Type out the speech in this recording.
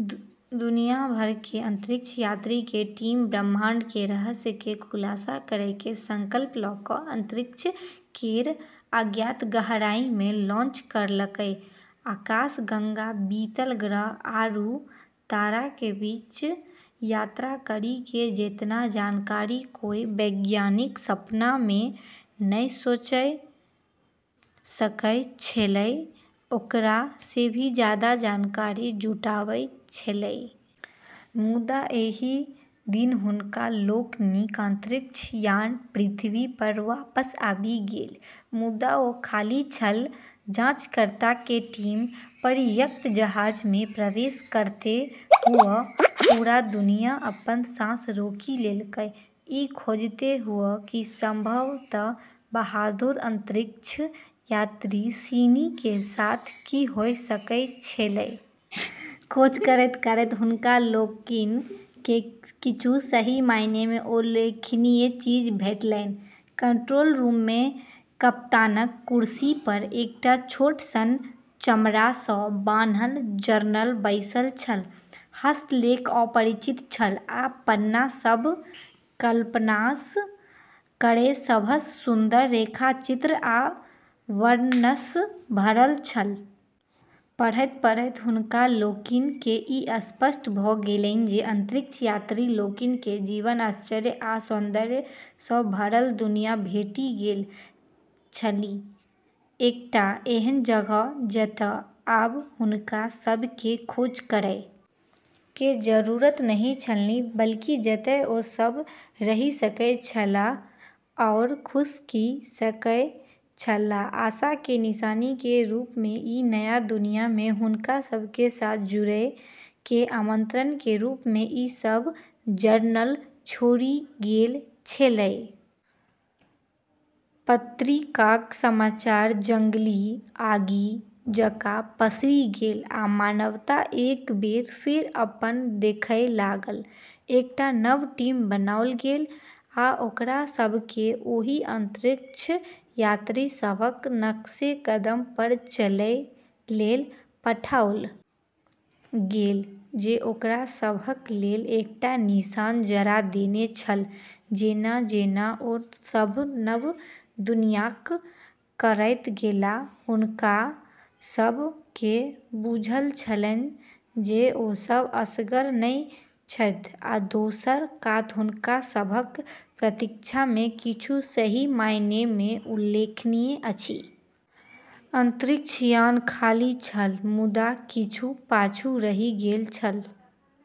दुनिया भर के अंतरिक्ष यात्री के टीम ब्रह्मांड के रहस्य के खुलासा करै के संकल्प ल क अंतरिक्ष केरऽ अज्ञात गहराई मे लॉन्च करलकै। आकाशगंगा, बीतल ग्रह आरू तारा के बीच यात्रा करी के जेतना जानकारी कोय वैज्ञानिक सपना मे नै सोचे सकै छेलै, ओकरा से भी जादा जानकारी जुटाबै छेलै। मुदा एहि दिन हुनका लोकनिक अंतरिक्ष यान पृथ्वी पर वापस आबि गेल, मुदा ओ खाली छल। जांचकर्ता के टीम परित्यक्त जहाज में प्रवेश करतें हुअ॑ पूरा दुनिया अपनऽ सांस रोकी लेलकै, ई खोजतें हुअ॑ कि संभवतः बहादुर अंतरिक्ष यात्री सिनी के साथ की होय सकै छेलै। खोज करैत-करैत हुनका लोकनि केँ किछु सही मायने मे उल्लेखनीय चीज भेटलनि। कंट्रोल रूम मे, कप्तानक कुर्सी पर, एकटा छोट सन, चमड़ा सँ बान्हल जर्नल बैसल छल, हस्तलेख अपरिचित छल, आ पन्ना सभ कल्पनासँ परे सभसँ सुन्दर रेखाचित्र आ वर्णनसँ भरल छल। पढ़ैत-पढ़ैत हुनका लोकनि केँ ई स्पष्ट भ गेलनि जे अंतरिक्ष यात्री लोकनि केँ जीवन, आश्चर्य आ सौन्दर्य सँ भरल दुनियाँ भेटि गेल छनि एकटा एहन जगह जतय आब हुनका सभ के खोज करय के जरूरत नहिं छलन्हि, बल्कि जतय ओ सभ बस रहि सकय छलाह आओर खुश रहि सकय छलाह, आशा के निशानी के रूप में, ई नया दुनिया में हुनका सब के साथ जुड़ै के आमंत्रण के रूप में ई सब जर्नल छोड़ी गेलऽ छेलै। पत्रिकाक समाचार जंगली आगि जकाँ पसरि गेल, आ मानवता एक बेर फेर सपना देखय लागल। एकटा नव टीम बनाओल गेल, आ ओकरा सभ केँ ओहि अंतरिक्ष यात्री सभक नक्शेकदम पर चलय लेल पठाओल गेल जे ओकरा सभक लेल एकटा निशान जरा देने छल जेना-जेना ओ सभ नव दुनियाँक यात्रा करैत गेलाह, हुनका सभ केँ बुझल छलनि जे ओ सभ असगर नहि छथि आ दोसर कात हुनका सभक प्रतीक्षा मे किछु सही मायने मे उल्लेखनीय अछि। अंतरिक्ष यान खाली छल, मुदा किछु पाछू रहि गेल छल।